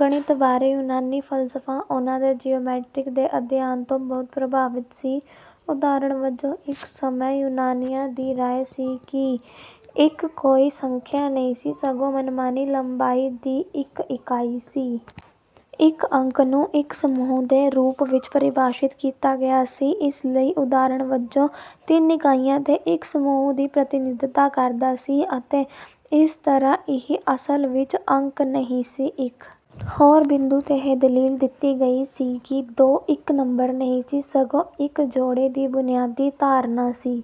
ਗਣਿਤ ਬਾਰੇ ਯੂਨਾਨੀ ਫ਼ਲਸਫ਼ਾ ਉਹਨਾਂ ਦੇ ਜਿਓਮੈਟਰੀ ਦੇ ਅਧਿਐਨ ਤੋਂ ਬਹੁਤ ਪ੍ਰਭਾਵਿਤ ਸੀ। ਉਦਾਹਰਣ ਵਜੋਂ, ਇੱਕ ਸਮੇਂ ਯੂਨਾਨੀਆਂ ਦੀ ਰਾਇ ਸੀ ਕਿ ਇੱਕ ਕੋਈ ਸੰਖਿਆ ਨਹੀਂ ਸੀ, ਸਗੋਂ ਮਨਮਾਨੀ ਲੰਬਾਈ ਦੀ ਇੱਕ ਇਕਾਈ ਸੀ। ਇੱਕ ਅੰਕ ਨੂੰ ਇੱਕ 'ਸਮੂਹ' ਦੇ ਰੂਪ ਵਿੱਚ ਪਰਿਭਾਸ਼ਿਤ ਕੀਤਾ ਗਿਆ ਸੀ। ਇਸ ਲਈ, ਉਦਾਹਰਣ ਵਜੋਂ, ਤਿੰਨ ਇਕਾਈਆਂ ਦੇ ਇੱਕ ਸਮੂਹ ਦੀ ਪ੍ਰਤੀਨਿਧਤਾ ਕਰਦਾ ਸੀ, ਅਤੇ ਇਸ ਤਰ੍ਹਾਂ ਇਹ "ਅਸਲ ਵਿੱਚ" ਅੰਕ ਨਹੀਂ ਸੀ। ਇੱਕ ਹੋਰ ਬਿੰਦੂ 'ਤੇ, ਇਹ ਦਲੀਲ ਦਿੱਤੀ ਗਈ ਸੀ ਕਿ ਦੋ ਇੱਕ ਨੰਬਰ ਨਹੀਂ ਸੀ, ਸਗੋਂ ਇੱਕ 'ਜੋੜੇ' ਦੀ ਬੁਨਿਆਦੀ ਧਾਰਨਾ ਸੀ।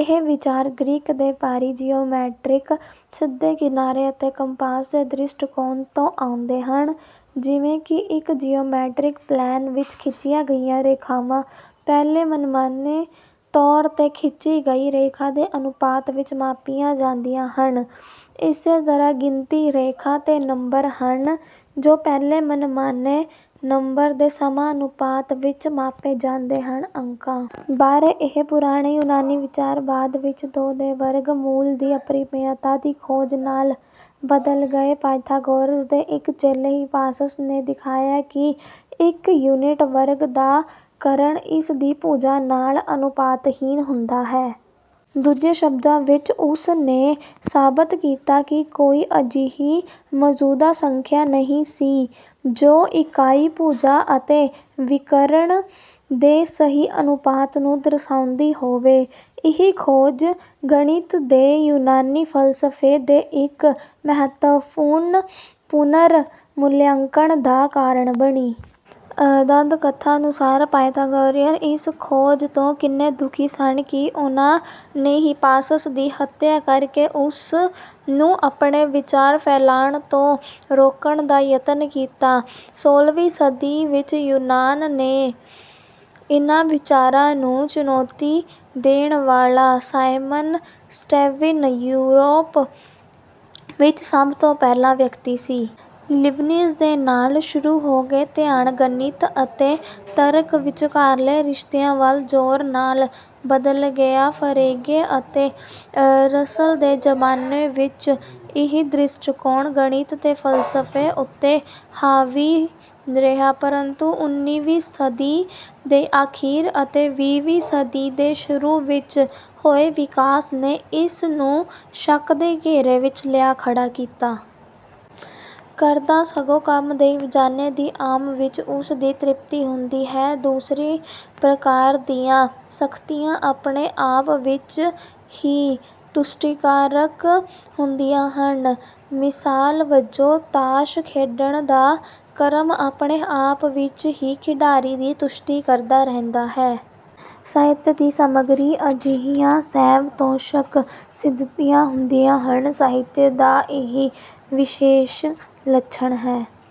ਇਹ ਵਿਚਾਰ ਗ੍ਰੀਕ ਦੇ ਭਾਰੀ ਜਿਓਮੈਟ੍ਰਿਕ ਸਿੱਧੇ-ਕਿਨਾਰੇ-ਅਤੇ-ਕੰਪਾਸ ਦੇ ਦ੍ਰਿਸ਼ਟੀਕੋਣ ਤੋਂ ਆਉਂਦੇ ਹਨ: ਜਿਵੇਂ ਕਿ ਇੱਕ ਜਿਓਮੈਟ੍ਰਿਕ ਪਲੇਨ ਵਿੱਚ ਖਿੱਚੀਆਂ ਗਈਆਂ ਰੇਖਾਵਾਂ ਪਹਿਲੀ ਮਨਮਾਨੇ ਤੌਰ 'ਤੇ ਖਿੱਚੀ ਗਈ ਰੇਖਾ ਦੇ ਅਨੁਪਾਤ ਵਿੱਚ ਮਾਪੀਆਂ ਜਾਂਦੀਆਂ ਹਨ, ਇਸੇ ਤਰ੍ਹਾਂ ਗਿਣਤੀ ਰੇਖਾ 'ਤੇ ਨੰਬਰ ਹਨ ਜੋ ਪਹਿਲੇ ਮਨਮਾਨੇ "ਨੰਬਰ" ਦੇ ਸਮਾਨੁਪਾਤ ਵਿੱਚ ਮਾਪੇ ਜਾਂਦੇ ਹਨ। ਅੰਕਾਂ ਬਾਰੇ ਇਹ ਪੁਰਾਣੇ ਯੂਨਾਨੀ ਵਿਚਾਰ ਬਾਅਦ ਵਿੱਚ ਦੋ ਦੇ ਵਰਗ ਮੂਲ ਦੀ ਅਪਰਿਮੇਯਤਾ ਦੀ ਖੋਜ ਨਾਲ ਬਦਲ ਗਏ। ਪਾਇਥਾਗੋਰਾਸ ਦੇ ਇੱਕ ਚੇਲੇ ਹਿਪਾਸਸ ਨੇ ਦਿਖਾਇਆ ਕਿ ਇੱਕ ਯੂਨਿਟ ਵਰਗ ਦਾ ਕਰਨ ਇਸ ਦੀ ਭੁਜਾ ਨਾਲ ਅਨੁਪਾਤਹੀਣ ਹੁੰਦਾ ਹੈ। ਦੂਜੇ ਸ਼ਬਦਾਂ ਵਿੱਚ, ਉਸ ਨੇ ਸਾਬਤ ਕੀਤਾ ਕਿ ਕੋਈ ਅਜਿਹੀ ਮੌਜੂਦਾ ਸੰਖਿਆ ਨਹੀਂ ਸੀ ਜੋ ਇਕਾਈ ਭੁਜਾ ਅਤੇ ਵਿਕਰਣ ਦੇ ਸਹੀ ਅਨੁਪਾਤ ਨੂੰ ਦਰਸਾਉਂਦੀ ਹੋਵੇ। ਇਹ ਖੋਜ ਗਣਿਤ ਦੇ ਯੂਨਾਨੀ ਫ਼ਲਸਫ਼ੇ ਦੇ ਇੱਕ ਮਹੱਤਵਪੂਰਨ ਪੁਨਰ-ਮੁਲਾਂਕਣ ਦਾ ਕਾਰਨ ਬਣੀ। ਦੰਦ-ਕਥਾ ਅਨੁਸਾਰ, ਪਾਇਥਾਗੋਰੀਅਨ ਇਸ ਖੋਜ ਤੋਂ ਇੰਨੇ ਦੁਖੀ ਸਨ ਕਿ ਉਨ੍ਹਾਂ ਨੇ ਹਿਪਾਸਸ ਦੀ ਹੱਤਿਆ ਕਰਕੇ ਉਸ ਨੂੰ ਆਪਣੇ ਵਿਚਾਰ ਫੈਲਾਉਣ ਤੋਂ ਰੋਕਣ ਦਾ ਯਤਨ ਕੀਤਾ। ਸੋਲ੍ਹਵੀਂ ਸਦੀ ਵਿੱਚ ਯੂਨਾਨ ਦੇ ਇਹਨਾਂ ਵਿਚਾਰਾਂ ਨੂੰ ਚੁਣੌਤੀ ਦੇਣ ਵਾਲਾ ਸਾਈਮਨ ਸਟੇਵਿਨ ਯੂਰਪ ਵਿੱਚ ਸਭ ਤੋਂ ਪਹਿਲਾ ਵਿਅਕਤੀ ਸੀ। ਲੀਬਨਿਜ਼ ਦੇ ਨਾਲ ਸ਼ੁਰੂ ਹੋ ਕੇ, ਧਿਆਨ ਗਣਿਤ ਅਤੇ ਤਰਕ ਵਿਚਕਾਰਲੇ ਰਿਸ਼ਤਿਆਂ ਵੱਲ ਜ਼ੋਰ ਨਾਲ ਬਦਲ ਗਿਆ। ਫਰੇਗੇ ਅਤੇ ਰਸਲ ਦੇ ਜ਼ਮਾਨੇ ਵਿੱਚ ਇਹ ਦ੍ਰਿਸ਼ਟੀਕੋਣ ਗਣਿਤ ਦੇ ਫ਼ਲਸਫ਼ੇ ਉੱਤੇ ਹਾਵੀ ਰਿਹਾ। ਪਰੰਤੂ ਉਨੀਂ ਵੀਂ ਸਦੀ ਦੇ ਅਖੀਰ ਅਤੇ ਵੀਹ ਵੀਂ ਸਦੀ ਦੇ ਸ਼ੁਰੂ ਵਿੱਚ ਹੋਏ ਵਿਕਾਸ ਨੇ ਇਸ ਨੂੰ ਸ਼ੱਕ ਦੇ ਘੇਰੇ ਵਿੱਚ ਲਿਆ ਖੜ੍ਹਾ ਕੀਤਾ। ਕਰਦਾ, ਸਗੋਂ ਕੰਮ ਦੇ ਇਵਜ਼ਾਨੇ ਦੀ ਆਮ ਵਿੱਚ ਉਸ ਦੀ ਤ੍ਰਿਪਤੀ ਹੁੰਦੀ ਹੈ। ਦੂਸਰੀ ਪ੍ਰਕਾਰ ਦੀਆਂ ਸਥਿਤੀਆਂ ਆਪਣੇ ਆਪ ਵਿੱਚ ਹੀ ਤੁਸ਼ਟੀਕਾਰਕ ਹੁੰਦੀਆਂ ਹਨ। ਮਿਸਾਲ ਵਜੋਂ ਤਾਸ਼ ਖੇਡਣ ਦਾ ਕਰਮ ਆਪਣੇ ਆਪ ਵਿੱਚ ਹੀ ਖਿਡਾਰੀ ਦੀ ਤੁਸ਼ਟੀ ਕਰਦਾ ਰਹਿੰਦਾ ਹੈ। ਸਾਹਿਤ ਦੀ ਸਮੱਗਰੀ ਅਜਿਹੀਆਂ ਸਵੈ-ਤੌਸ਼ਕ ਸਥਿਤੀਆਂ ਹੁੰਦੀਆਂ ਹਨ। ਸਾਹਿਤ ਦਾ ਇਹ ਵਿਸ਼ੇਸ਼ ਲੱਛਣ ਹੈ